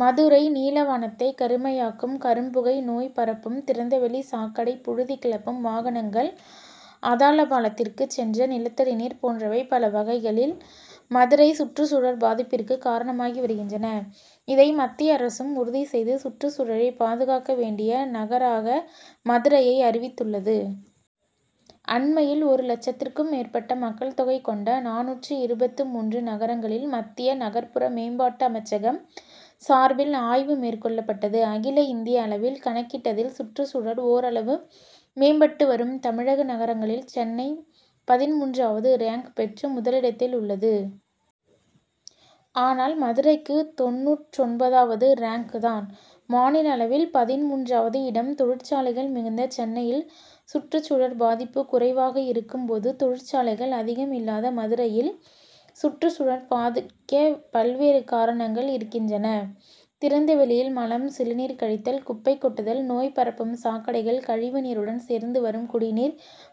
மதுரை நீலவானத்தை கருமையாக்கும் கரும்புகை நோய் பரப்பும் திறந்தவெளி சாக்கடை புழுதி கிளப்பும் வாகனங்கள் அதலபாதாளத்திற்கு சென்ற நிலத்தடி நீர் போன்றவை பல வகைகளில் மதுரை சுற்றுச்சூழல் பாதிப்பிற்கு காரணமாகி வருகின்றன. இதை மத்திய அரசும் உறுதி செய்து சுற்றுச்சூழலை பாதுகாக்க வேண்டிய நகராக மதுரையை அறிவித்துள்ளது. அண்மையில் ஒரு லட்சத்திற்கும் மேற்பட்ட மக்கள் தொகை கொண்ட நானூற்று இருபத்து மூன்று நகரங்களில் மத்திய நகர்ப்புற மேம்பாட்டு அமைச்சகம் சார்பில் ஆய்வு மேற்கொள்ளப்பட்டது. அகில இந்திய அளவில் கணக்கிட்டதில் சுற்றுச்சூழல் ஓரளவு மேம்பட்டு வரும் தமிழக நகரங்களில் சென்னை பதின்மூன்றாவது ரேங்க் பெற்று முதலிடத்தில் உள்ளது. ஆனால் மதுரைக்கு தொண்ணூற்றொன்பதாவது ரேங்க் தான். மாநில அளவில் பதின்மூன்றாவது இடம். தொழிற்சாலைகள் மிகுந்த சென்னையில் சுற்றுச்சூழல் பாதிப்பு குறைவாக இருக்கும் போது தொழிற்சாலைகள் அதிகம் இல்லாத மதுரையில் சுற்றுச்சூழல் பாதிக்க பல்வேறு காரணங்கள் இருக்கின்றன. திறந்தவெளியில் மலம் சிறுநீர் கழித்தல் குப்பை கொட்டுதல் நோய்பரப்பும் சாக்கடைகள் கழிவுநீருடன் சேர்ந்து வரும் குடிநீர்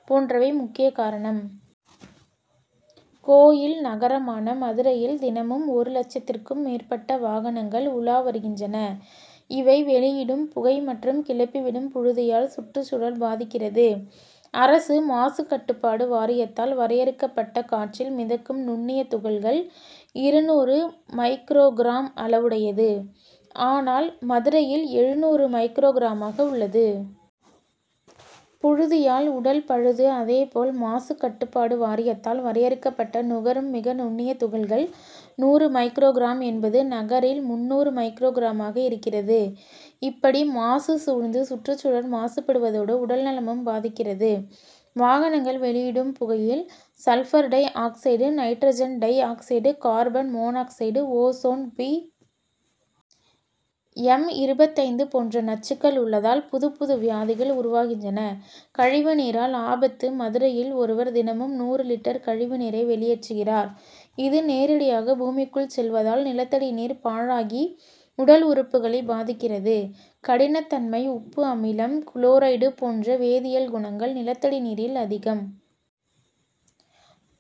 போன்றவை முக்கிய காரணம். கோயில் நகரமான மதுரையில் தினமும் ஒரு லட்சத்திற்கும் மேற்பட்ட வாகனங்கள் உலா வருகின்றன. இவை வெளியிடும் புகை மற்றும் கிளப்பிவிடும் புழுதியால் சுற்றுச்சூழல் பாதிக்கிறது. அரசு மாசுக்கட்டுப்பாட்டு வாரியத்தால் வரையறுக்கப்பட்ட காற்றில் மிதக்கும் நுண்ணிய துகள்கள் இருநூறு மைக்ரோகிராம் அளவுடையது. ஆனால் மதுரையில் எழுநூறு மைக்ரோகிராமாக உள்ளது. புழுதியால் உடல் பழுது அதேபோல் மாசுக்கட்டுப்பாட்டு வாரியத்தால் வரையறுக்கப்பட்ட நுகரும் மிக நுண்ணிய துகள்கள் நூறு மைக்ரோகிராம் என்பது நகரில் முந்நூறு மைக்ரோகிராமாக இருக்கிறது. இப்படி மாசு சூழ்ந்து சுற்றுச்சூழல் மாசுப்படுவதோடு உடல்நலமும் பாதிக்கிறது. வாகனங்கள் வெளியிடும் புகையில் sulphur dioxide nitrogen dioxide carbon monoxide ozone P. M. இருபத்தைந்து போன்ற நச்சுக்கள் உள்ளதால் புதுப்புது வியாதிகள் உருவாகின்றன. கழிவுநீரால் ஆபத்து மதுரையில் ஒருவர் தினமும் நூறு லிட்டர் கழிவுநீரை வெளியேற்றுகிறார். இது நேரடியாக பூமிக்குள் செல்வதால் நிலத்தடி நீர் பாழாகி உடல் உறுப்புகளை பாதிக்கிறது. கடினத்தன்மை உப்பு அமிலம் குளோரைடு போன்ற வேதியியல் குணங்கள் நிலத்தடி நீரில் அதிகம்.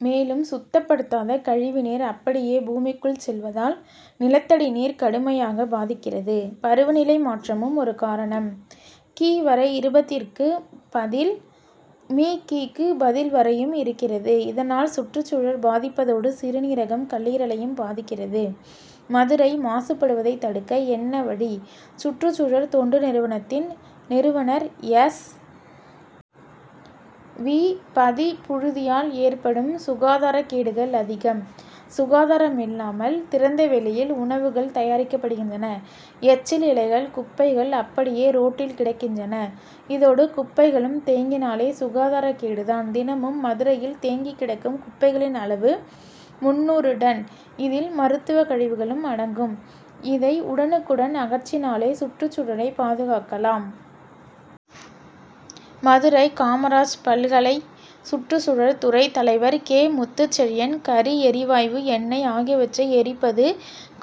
மேலும் சுத்தப்படுத்தாத கழிவுநீர் அப்படியே பூமிக்குள் செல்வதால் நிலத்தடி நீர் கடுமையாக பாதிக்கிறது. பருவநிலை மாற்றமும் ஒரு காரணம். கி. வரை இருப்பதற்கு பதில் மி. கி.க்கு பதில் வரையும் இருக்கிறது. இதனால் சுற்றுச்சூழல் பாதிப்பதோடு சிறுநீரகம் கல்லீரலையும் பாதிக்கிறது. மதுரை மாசுபடுவதை தடுக்க என்ன வழி சுற்றுச்சூழல் தொண்டு நிறுவனத்தின் நிறுவனர் எஸ். வி. பதி புழுதியால் ஏற்படும் சுகாதாரக்கேடுகள் அதிகம். சுகாதாரமில்லாமல் திறந்தவெளியில் உணவுகள் தயாரிக்கப்படுகின்றன. எச்சில் இலைகள் குப்பைகள் அப்படியே ரோட்டில் கிடக்கின்றன. இதோடு குப்பைகளும் தேங்கினாலே சுகாதாரக்கேடு தான். தினமும் மதுரையில் தேங்கி கிடக்கும் குப்பைகளின் அளவு முந்நூறு டன். இதில் மருத்துவக்கழிவுகளும் அடங்கும். இதை உடனுக்குடன் அகற்றினாலே சுற்றுச்சூழலை பாதுகாக்கலாம். மதுரை காமராஜ் பல்கலை சுற்றுச்சூழல் துறை தலைவர் கே. முத்துச்செழியன் கரி எரிவாயு எண்ணெய் ஆகியவற்றை எரிப்பது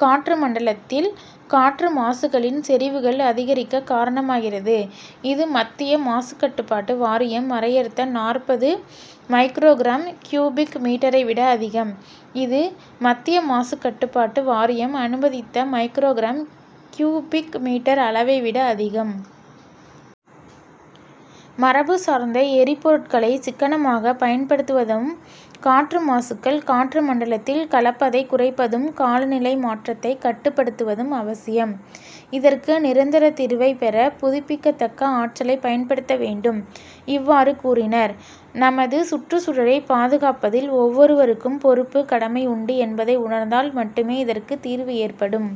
காற்று மண்டலத்தில் காற்று மாசுக்களின் செறிவுகள் அதிகரிக்க காரணமாகிறது. இது மத்திய மாசுக்கட்டுப்பாட்டு வாரியம் வரையறுத்த நாற்பது மைக்ரோகிராம் கியூபிக் மீட்டரைவிட அதிகம். இது மத்திய மாசுக்கட்டுப்பாட்டு வாரியம் அனுமதித்த மைக்ரோகிராம் கியூபிக் மீட்டர் அளவைவிட அதிகம். மரபு சார்ந்த எரிபொருட்களை சிக்கனமாக பயன்படுத்துவதும் காற்று மாசுக்கள் காற்று மண்டலத்தில் கலப்பதை குறைப்பதும் காலநிலை மாற்றத்தை கட்டுப்படுத்துவதும் அவசியம். இதற்கு நிரந்தர தீர்வை பெற புதுப்பிக்கத்தக்க ஆற்றலை பயன்படுத்த வேண்டும். இவ்வாறு கூறினர். நமது சுற்றுச்சூழலை பாதுகாப்பதில் ஒவ்வொருவருக்கும் பொறுப்பு கடமை உண்டு என்பதை உணர்ந்தால் மட்டுமே இதற்கு தீர்வு ஏற்படும்.